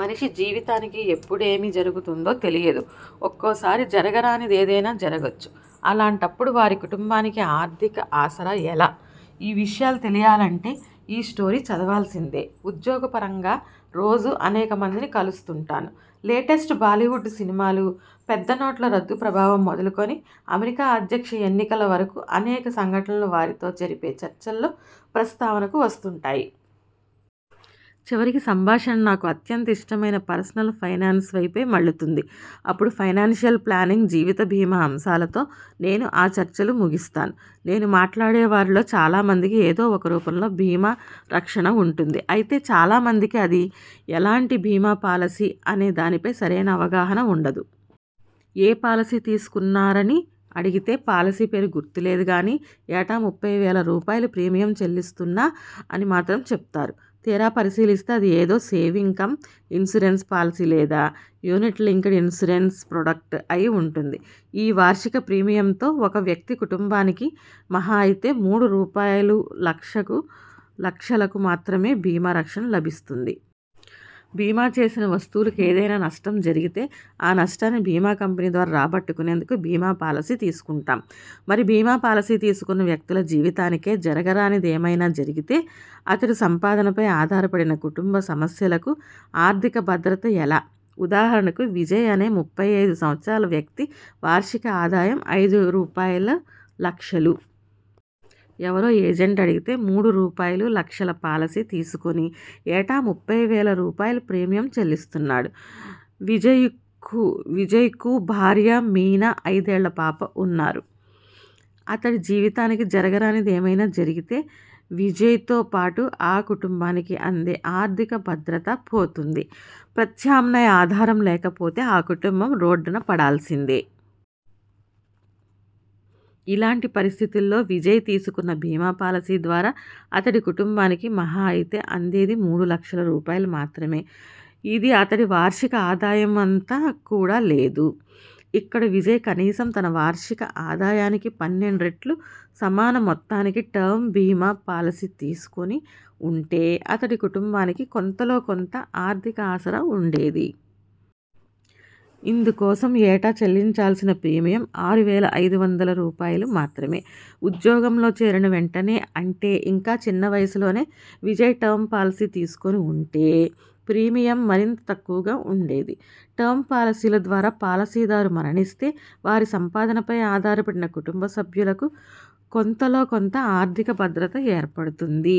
మనిషి జీవితానికి ఎప్పుడేమి జరుగుతుందో తెలియదు. ఒక్కోసారి జరగరానిదేదైనా జరగొచ్చు. అలాంటపుడు వారి కుటుంబానికి 'ఆర్థిక' ఆసరా ఎలా? ఈ విషయాలు తెలియాలంటే ఈ స్టోరీ చదవాల్సిందే. ఉద్యోగపరంగా రోజూ అనేక మందిని కలుస్తుంటాను. లేటెస్ట్ బాలీవుడ్ సినిమాలు, పెద్ద నోట్ల రద్దు ప్రభావం మొదలుకుని అమెరికా అధ్యక్ష ఎన్నికల వరకు అనేక సంఘటనలు వారితో జరిపే చర్చల్లో ప్రస్తావనకు వస్తుంటాయి. చివరికి సంభాషణ నాకు అత్యంత ఇష్టమైన పర్సనల్ ఫైనాన్స్వైపే మళ్లుతుంది. అపుడు ఫైనాన్షియల్ ప్లానింగ్, జీవిత బీమా అంశాలతో నేను ఆ చర్చలు ముగిస్తాను. నేను మాట్లాడే వారిలో చాలా మందికి ఏదో ఒక రూపంలో బీమా రక్షణ ఉంటుంది. అయితే చాలా మందికి అది ఎలాంటి బీమా పాలసీ అనే దానిపై సరైన అవగాహన ఉండదు. ఏ పాలసీ తీసుకున్నారని అడిగితే 'పాలసీ పేరు గుర్తు లేదు గానీ ఏటా ముప్పై వేల రూపాయలుప్రీమియం చెల్లిస్తున్నా' అని మాత్రం చెబుతారు. తీరా పరిశీలిస్తే అది ఏదో సేవింగ్ కమ్ ఇన్సూరెన్స్ పాలసీ లేదా యూనిట్ లింక్డ్ ఇన్సూరెన్స్ ప్రొడక్ట్' అయి ఉంటుంది. ఈ వార్షిక ప్రీమియంతో ఒక వ్యక్తి కుటుంబానికి మహా అయితే మూడు రూపాయలు లక్షకు లక్షలకు మాత్రమే బీమా రక్షణ లభిస్తుంది. బీమా చేసిన వస్తువులకు ఏదైనా నష్టం జరిగితే ఆ నష్టాన్ని బీమా కంపెనీ ద్వారా రాబట్టుకునేందుకు బీమా పాలసీ తీసుకుంటాం. మరి బీమా పాలసీ తీసుకున్న వ్యక్తుల జీవితానికే జరగరానిదేమైనా జరిగితే? అతడు ె సంపాదనపై ఆధారపడిన కుటుంబ సమస్యలకు 'ఆర్థిక' భద్రత ఎలా?. ఉదాహరణకు విజయ్ అనే ముప్పై ఐదు సంవత్సరాల వ్యక్తి వార్షిక ఆదాయం ఐదు రూపాయలులక్షలు. ఎవరో ఏజెంట్ అడిగితే మూడు రూపాయలులక్షల పాలసీ తీసుకుని ఏటా ముప్పై వేల రూపాయలుప్రీమియం చెల్లిస్తున్నాడు. విజయ్కు భార్య మీనా, ఐదేళ్ల పాప ఉన్నారు. అతడి జీవితానికి జరగరానిదేమైనా జరిగితే? విజయ్తో పాటు ఆ కుటుంబానికి అందే 'ఆర్థిక' భద్రతాపోతుంది. ప్రత్యామ్నాయ ఆధారం లేకపోతే ఆ కుటుంబం రోడ్డున పడాల్సిందే. ఇలాంటి పరిస్థితుల్లో విజయ్ తీసుకున్న బీమా పాలసీ ద్వారా అతడి కుటుంబానికి మహా అయితే అందేది మూడు లక్షల రూపాయలు మాత్రమే. ఇది అతడి వార్షిక ఆదాయమంత కూడా లేదు. ఇక్కడ విజయ్ కనీసం తన వార్షిక ఆదాయానికి పన్నెండు రెట్లు సమాన మొత్తానికి టర్మ్ బీమా పాలసీ తీసుకుని ఉంటే అతడి కుటుంబానికి కొంతలో కొంత ఆర్థిక ఆసరా ఉండేది. ఇందుకోసం ఏటా చెల్లించాల్సిన ప్రీమియం ఆరు వేల ఐదు వందల రూపాయలుమాత్రమే. ఉద్యోగంలో చేరిన వెంటనే అంటే ఇంకా చిన్న వయసులోనే విజయ్ టర్మ్ పాలసీ తీసుకుని ఉంటే ప్రీమియం మరింత తక్కువగా ఉండేది. టర్మ్ పాలసీల ద్వారా పాలసీదారు మరణిస్తే వారి సంపాదనపైనే ఆధారపడిన కుటుంబ సభ్యులకు కొంతలో కొంత ఆర్థిక భద్రత ఏర్పడుతుంది.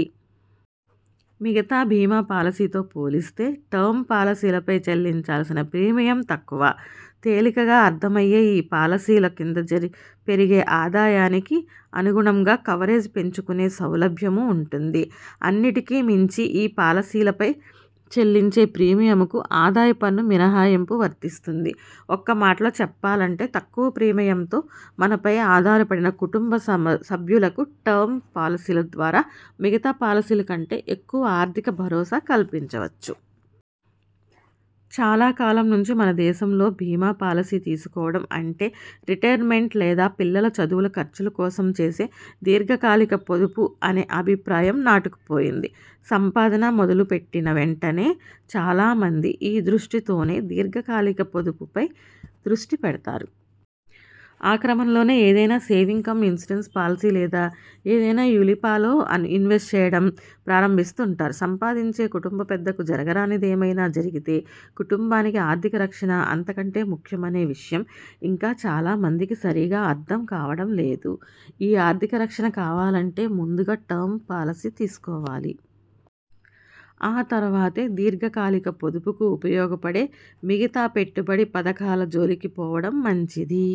మిగతా బీమా పాలసీతో పోలిస్తే టర్మ్ పాలసీలపై చెల్లించాల్సిన ప్రీమియం తక్కువ. తేలికగా అర్థమయ్యే ఈ పాలసీల కింద పెరిగే ఆదాయానికి అనుగుణంగా కవరేజ్ పెంచుకునే సౌలభ్యమూ ఉంటుంది. అన్నిటికి మించి ఈ పాలసీలపై చెల్లించే ప్రీమియంకు ఆదాయ పన్ను మినహాయింపూ వర్తిస్తుంది. ఒక్క మాటలో చెప్పాలంటే తక్కువ ప్రీమియంతో మనపై ఆధారపడిన కుటుంబ సభ్యులకు టర్మ్ పాలసీల ద్వారా మిగతా పాలసీల కంటే ఎక్కువ 'ఆర్థిక' భరోసా కల్పించవచ్చు. చాలా కాలం నుంచి మన దేశంలో బీమా పాలసీ తీసుకోవడం అంటే రిటైర్మెంట్ లేదా పిల్లల చదువుల ఖర్చుల కోసం చేసే దీర్ఘకాలిక పొదుపు అనే అభిప్రాయం నాటుకుపోయింది. సంపాదన మొదలు పెట్టిన వెంటనే చాలా మంది ఈ దృష్టితోనే దీర్ఘకాలిక పొదుపుపై దృష్టి పెడతారు. ఆ క్రమంలోనే ఏదైనా సేవింగ్ కమ్ ఇన్సూరెన్స్ పాలసీ లేదా ఏదైనా యులి్పలో ఇన్వెస్ట్ చేయడం ప్రారంభిస్తుంటారు. సంపాదించే కుటుంబ పెద్దకు జరగరానిదేమైనా జరిగితే, కుటుంబానికి ఆర్థిక రక్షణ అంతకంటే ముఖ్యమనే విషయం ఇంకా చాలా మందికి సరిగా అర్థం కావడం లేదు. ఈ ఆర్థిక రక్షణ కావాలంటే ముందుగా టర్మ్ పాలసీ తీసుకోవాలి. ఆ తర్వాతే దీర్ఘకాలిక పొదుపుకు ఉపయోగపడే మిగతా పెట్టుబడి పథకాల జోలికి పోవడం మంచిది.